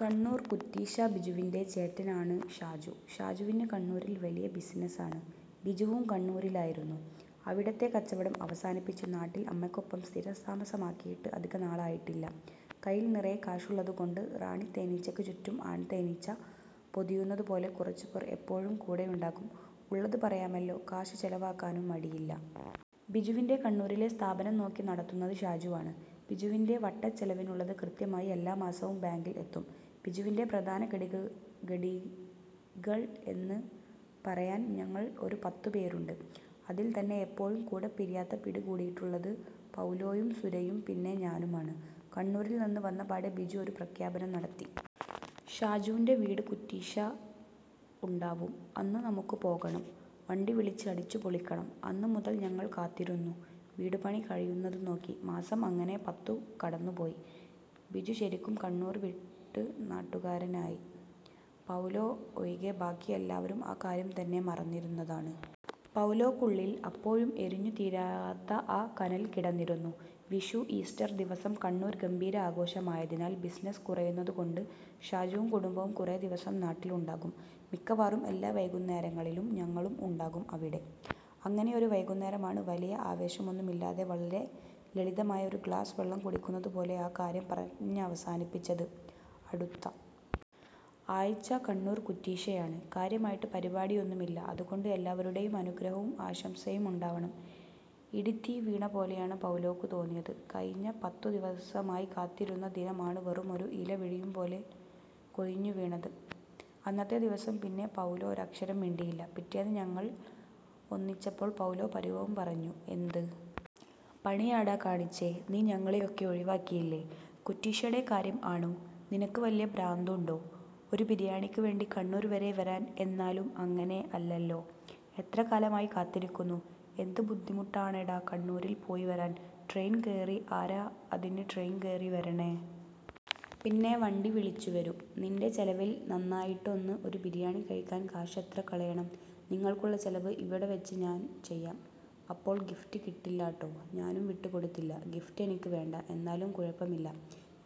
കണ്ണൂർ കുറ്റീശ്ശ ബിജുവിൻ്റെ ചേട്ടനാണ് ഷാജു. ഷാജുവിന് കണ്ണൂരിൽ വലിയ ബിസിനസാണ്. ബിജുവും കണ്ണൂരിലായിരുന്നു. അവിടത്തെ കച്ചവടം അവസാനിപ്പിച്ച് നാട്ടിൽ അമ്മയ്ക്കൊപ്പം സ്ഥിരസ്‌താമസമാക്കിയിട്ട് അധികനാളായിട്ടില്ല. കയ്യിൽ നിറയെ കാശുള്ളതുകൊണ്ട് റാണി തേനീച്ചയ്ക്ക് ചുറ്റും ആൺതേനീച്ച പൊതിയുന്നതുപോലെ കുറച്ചുപേർ എപ്പോഴും കൂടെയുണ്ടാകും. ഉള്ളത് പറയണമല്ലോ, കാശ് ചെലവാക്കാനും മടിയില്ല. ബിജുവിൻ്റെ കണ്ണൂരിലെ സ്ഥാപനം നോക്കി നടത്തുന്നത് ഷാജുവാണ്. ബിജുവിൻ്റെ വട്ടച്ചെലവിനുള്ളത് കൃത്യമായി എല്ലാ മാസവും ബാങ്കിൽ എത്തും. ബിജുവിൻ്റെ പ്രധാന ഘടിക ഘടിഗൾ എന്ന് പറയാൻ ഞങ്ങൾ ഒരു പത്തുപേരുണ്ട്. അതിൽ തന്നെ എപ്പോഴും കൂടെ പിരിയാത്ത പിടികൂടിയിട്ടുള്ളത് പൗലോയും സുരയും പിന്നെ ഞാനുമാണ്. കണ്ണൂരിൽ നിന്ന് വന്നപാടെ ബിജു ഒരു പ്രഖ്യാപനം നടത്തി. ഷാജൂൻ്റെ വീട് കുറ്റീശ്ശ ഉണ്ടാവും. അന്ന് നമുക്ക് പോകണം. വണ്ടി വിളിച്ച് അടിച്ചുപൊളിക്കണം. അന്ന് മുതൽ ഞങ്ങൾ കാത്തിരുന്നു, വീട് പണി കഴിയുന്നതും നോക്കി. മാസം അങ്ങനെ പത്തു കടന്നുപോയി. ബിജു ശരിക്കും കണ്ണൂർ വിട്ട് നാട്ടുകാരനായി. പൗലോ ഒഴികെ ബാക്കി എല്ലാവരും ആ കാര്യം തന്നെ മറന്നിരുന്നതാണ്. പൗലോക്കുള്ളിൽ അപ്പോഴും എരിഞ്ഞുതീരാത്ത ആ കനൽ കിടന്നിരുന്നു. വിഷു, ഈസ്റ്റർ ദിവസം കണ്ണൂർ ഗംഭീര ആഘോഷമായതിനാൽ ബിസിനസ് കുറയുന്നതുകൊണ്ട് ഷാജുവും കുടുംബവും കുറേദിവസം നാട്ടിലുണ്ടാകും. മിക്കവാറും എല്ലാ വൈകുന്നേരങ്ങളിലും ഞങ്ങളും ഉണ്ടാകും അവിടെ. അങ്ങനെ ഒരു വൈകുന്നേരമാണ് വലിയ ആവേശമൊന്നുമില്ലാതെ, വളരെ ലളിതമായി ഒരു ഗ്ലാസ് വെള്ളം കുടിക്കുന്നതുപോലെ ആ കാര്യം പറഞ്ഞവസാനിപ്പിച്ചത്. അടുത്ത ആഴ്ച കണ്ണൂർ കുറ്റീശ്ശയാണ്. കാര്യമായിട്ട് പരിപാടിയൊന്നുമില്ല. അതുകൊണ്ട് എല്ലാവരുടെയും അനുഗ്രഹവും ആശംസയും ഉണ്ടാവണം. ഇടിത്തീ വീണ പോലെയാണ് പൗലോയ്ക്ക് തോന്നിയത്. കഴിഞ്ഞ പത്തു ദിവസമായി കാത്തിരുന്ന ദിനമാണ് വെറുമൊരു ഇല വീഴുംപോലെ കൊഴിഞ്ഞുവീണത്. അന്നത്തെ ദിവസം പിന്നെ പൗലോ ഒരക്ഷരം മിണ്ടിയില്ല. പിറ്റേന്ന് ഞങ്ങൾ ഒന്നിച്ചപ്പോൾ പൗലോ പരിഭവം പറഞ്ഞു. എന്ത് പണിയാടാ കാണിച്ചേ. നീ ഞങ്ങളെയൊക്കെ ഒഴിവാക്കിയല്ലേ. കുറ്റീശ്ശടെ കാര്യം ആണോ. നിനക്ക് വല്ല പ്രാന്തുണ്ടോ. ഒരു ബിരിയാണിക്ക് വേണ്ടി കണ്ണൂർ വരെ വരാൻ എന്നാലും അങ്ങനെ അല്ലല്ലോ. എത്ര കാലമായി കാത്തിരിക്കുന്നു. എന്ത് ബുദ്ധിമുട്ടാണെടാ കണ്ണൂരിൽ പോയിവരാൻ. ട്രെയിൻ കയറി ആരാ അതിന് ട്രെയിൻ കയറി വരണേ. പിന്നെ വണ്ടി വിളിച്ചുവരും. നിൻ്റെ ചെലവിൽ നന്നായിട്ടൊന്ന് ഒരു ബിരിയാണി കഴിക്കാൻ കാശ് എത്ര കളയണം. നിങ്ങൾക്കുള്ള ചെലവ് ഇവിടെവെച്ച് ഞാൻ ചെയ്യാം. അപ്പോൾ ഗിഫ്റ്റ് കിട്ടില്ലാട്ടോ. ഞാനും വിട്ടുകൊടുത്തില്ല. ഗിഫ്റ്റ് എനിക്ക് വേണ്ട. എന്നാലും കുഴപ്പമില്ല.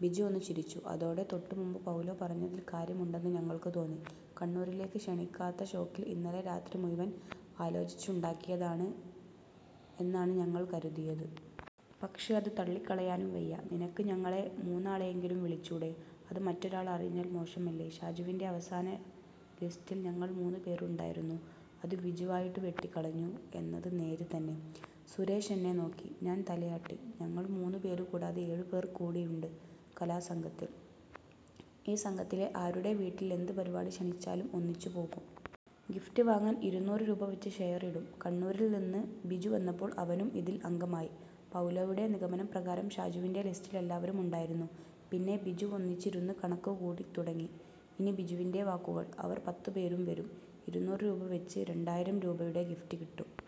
ബിജു ഒന്ന് ചിരിച്ചു. അതോടെ തൊട്ടുമുൻപ് പൗലോ പറഞ്ഞതിൽ കാര്യമുണ്ടെന്ന് ഞങ്ങൾക്ക് തോന്നി. കണ്ണൂരിലേക്ക് ക്ഷണിക്കാത്ത ഷോക്കിൽ ഇന്നലെ രാത്രി മുഴുവൻ ആലോചിച്ചുണ്ടാക്കിയതാണ് എന്നാണ് ഞങ്ങൾ കരുതിയത്. പക്ഷേ അത് തള്ളിക്കളയാനും വയ്യ. നിനക്ക് ഞങ്ങളെ മൂന്നാളെയെങ്കിലും വിളിച്ചുകൂടെ. അത് മറ്റൊരാൾ അറിഞ്ഞാൽ മോശമല്ലേ. ഷാജുവിൻ്റെ അവസാന ലിസ്റ്റിൽ ഞങ്ങൾ മൂന്നു പേരുണ്ടായിരുന്നു. അത് ബിജുവായിട്ട് വെട്ടിക്കളഞ്ഞു എന്നത് നേര് തന്നെ. സുരേഷ് എന്നെ നോക്കി. ഞാൻ തലയാട്ടി. ഞങ്ങൾ മൂന്നു പേരുകൂടാതെ ഏഴുപേർ കൂടിയുണ്ട് കലാസംഘത്തിൽ. ഈ സംഘത്തിലെ ആരുടെ വീട്ടിൽ എന്ത് പരിപാടി ക്ഷണിച്ചാലും ഒന്നിച്ചു പോകും. ഗിഫ്റ്റ് വാങ്ങാൻ ഇരുന്നൂറ് രൂപവെച്ച് ഷെയർ ഇടും. കണ്ണൂരിൽനിന്ന് ബിജു വന്നപ്പോൾ അവനും ഇതിൽ അംഗമായി. പൗലോയുടെ നിഗമനം പ്രകാരം ഷാജുവിൻ്റെ ലിസ്റ്റിൽ എല്ലാവരും ഉണ്ടായിരുന്നു. പിന്നെ ബിജുവൊന്നിച്ചിരുന്ന് കണക്കുകൂടിത്തുടങ്ങി. ഇനി ബിജുവിൻ്റെ വാക്കുകൾ. അവർ പത്തുപേർ വരും. ഇരുന്നൂറ് രൂപവെച്ച് രണ്ടായിരം രൂപയുടെ ഗിഫ്റ്റ് കിട്ടും.